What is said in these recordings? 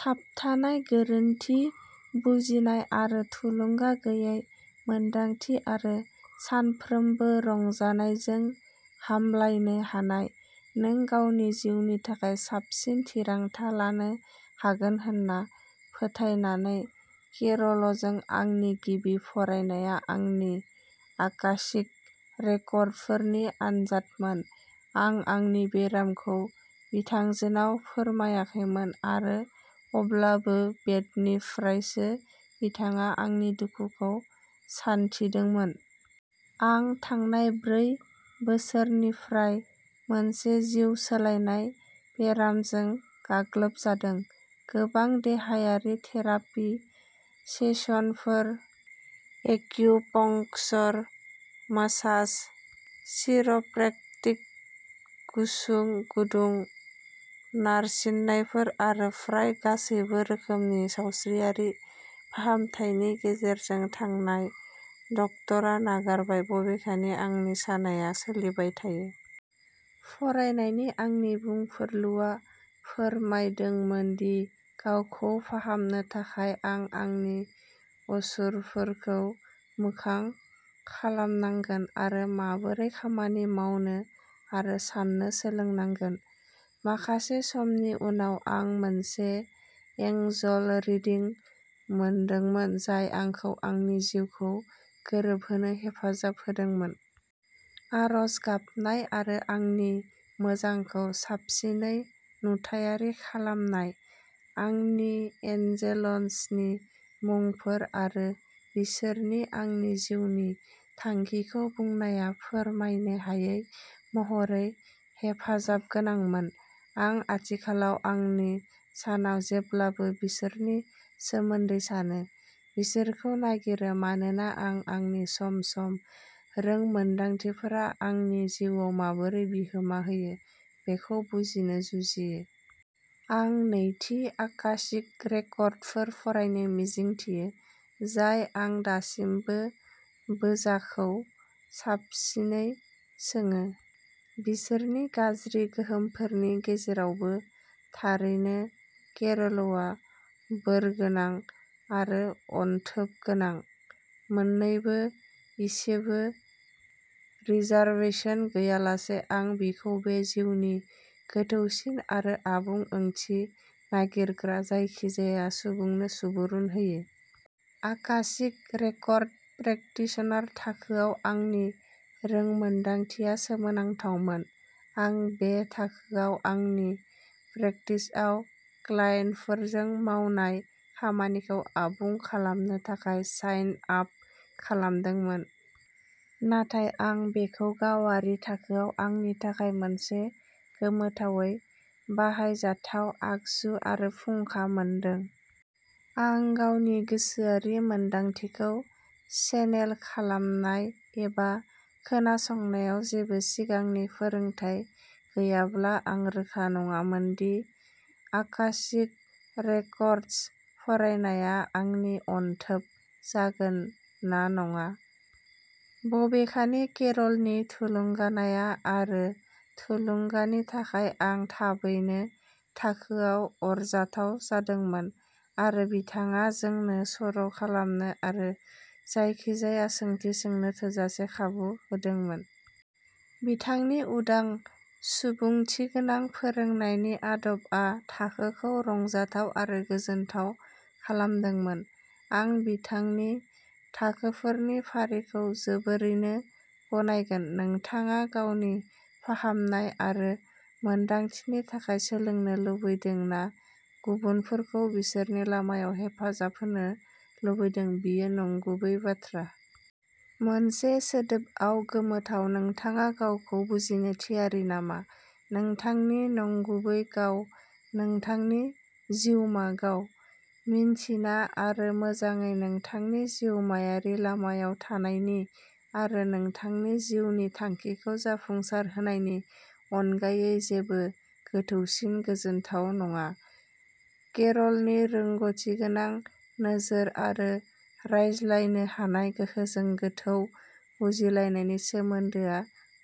थाबथानाय, गोरोन्थि बुजिनाय आरो थुलुंगा गैयै मोन्दांथि आरो सानफ्रोमबो रंजानायजों हामलायनो हानाय, नों गावनि जिउनि थाखाय साबसिन थिरांथा लानो हागोन होन्ना फोथायनानै। केर'लजों आंनि गिबि फरायनाया आंनि आकाशिक रेकर्डफोरनि आनजादमोन। आं आंनि बेरामखौ बिथांजोनाव फोरमायाखैमोन आरो अब्लाबो, बेटनिफ्रायसो, बिथाङा आंनि दुखुखौ सानथिदोंमोन। आं थांनाय ब्रै बोसोरनिफ्राय मोनसे जिउ सोलायनाय बेरामजों गाग्लोबजादों, गोबां देहायारि थेरापि सेसनफोर, एक्युपंक्चर, मासाज, चिर'प्रेक्टिक, गुसु-गुदुं नारसिननायफोर आरो फ्राय गासैबो रोखोमनि सावस्रियारि फाहामथायनि गेजेरजों थांनाय, डाक्ट'रा नागारबाय, बबेखानि आंनि सानाया सोलिबाय थायो। फरायनायनि आंनि बुंफुरलुआ फोरमायदोंमोन दि गावखौ फाहामनो थाखाय आं आंनि असुरफोरखौ मोखां खालामनांगोन आरो माबोरै खामानि मावनो आरो साननो सोलोंनांगोन। माखासे समनि उनाव, आं मोनसे एंजल रिडिं मोनदोंमोन जाय आंखौ आंनि जिउखौ गोरोबहोनो हेफाजाब होदोंमोन। आरज गाबनाय आरो आंनि मोजांखौ साबसिनै नुथायारि खालामनाय। आंनि एन्जेल्सनि मुंफोर आरो बिसोरनि आंनि जिउनि थांखिखौ बुंनाया फोरमायनो हायै महरै हेफाजाबगोनांमोन। आं आथिखालाव आंनि सानाव जेब्लाबो बिसोरनि सोमोन्दै सानो, बिसोरखौ नागिरो, मानोना आं आंनि सम-सम रोंमोनदांथिफोरा आंनि जिउआव माबोरै बिहोमा होयो बेखौ बुजिनो जुजियो। आं नैथि आकाशिक रेकर्डफोर फरायनो मिजिंथियो, जाय आं दासिमबो बोजाखौ साबसिनै सोङो, बिसोरनि गाज्रि गोहोमफोरनि गेजेरावबो। थारैनो, केर'लआ बोरगोनां आरो अनथोबगोनां मोन्नैबो इसेबो रिजार्वेसन गैयालासे, आं बिखौ बे जिउनि गोथौसिन आरो आबुं ओंथि नागिरग्रा जायखिजाया सुबुंनो सुबुरुन होयो। आकाशिक रेकर्ड प्रेकटिशनार थाखोआव आंनि रोंमोनदांथिया सोमोनांथावमोन। आं बे थाखोआव आंनि प्रेकटिसआव क्लाइन्टफोरजों मावनाय खामानिखौ आबुं खालामनो थाखाय साइन आप खालामदोंमोन, नाथाय आं बेखौ गावारि थाखोआव आंनि थाखाय मोनसे गोमोथावै बाहायजाथाव आगजु आरो फुंखा मोनदों। आंनि गावनि गोसोआरि मोनदांथिखौ चेनेल खालामनाय एबा खोनासंनायाव जेबो सिगांनि फोरोंथाय गैयाब्ला, आं रोखा नङामोन दि आकाशिक रेकर्डस फरायनाया आंनि "अनथोब" जागोन ना नङा। बबेखानि, केरलनि थुलुंगानाय आरो थुलुंगानि थाखाय आं थाबैनो थाखोयाव अरजाथाव जादोंमोन, आरो बिथाङा जोंनो सर'खालामनो आरो जायखिजाया सोंथि सोंनो थोजासे खाबु होदोंमोन। बिथांनि उदां, सुबुंथिगोनां फोरोंनायनि आदबआ थाखोखौ रंजाथाव आरो गोजोनथाव खालामदोंमोन। आं बिथांनि थाखोफोरनि फारिखौ जोबोरैनो गनायगोन, नोंथाङा गावनि फाहामनाय आरो मोनदांथिनि थाखाय सोलोंनो लुबैदों ना गुबुनफोरखौ बिसोरनि लामायाव हेफाजाब होनो लुबैदों। बियो नंगुबै बाथ्रा। मोनसे सोदोबआव गोमोथाव। नोंथाङा गावखौ बुजिनो थियारि नामा? नोंथांनि नंगुबै गाव? नोंथांनि जिउमा गाव? मिन्थिना आरो मोजांयै नोंथांनि जिउमायारि लामायाव थानायनि आरो नोंथांनि जिउनि थांखिखौ जाफुंसारहोनायनि अनगायै जेबो गोथौसिन गोजोनथाव नङा। केरलनि रोंग'थिगोनां नोजोर आरो रायज्लायनो हानाय गोहोजों, गोथौ बुजिलायनायनि सोमोन्दोआ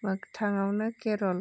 मोगथाङावनो केर'ल।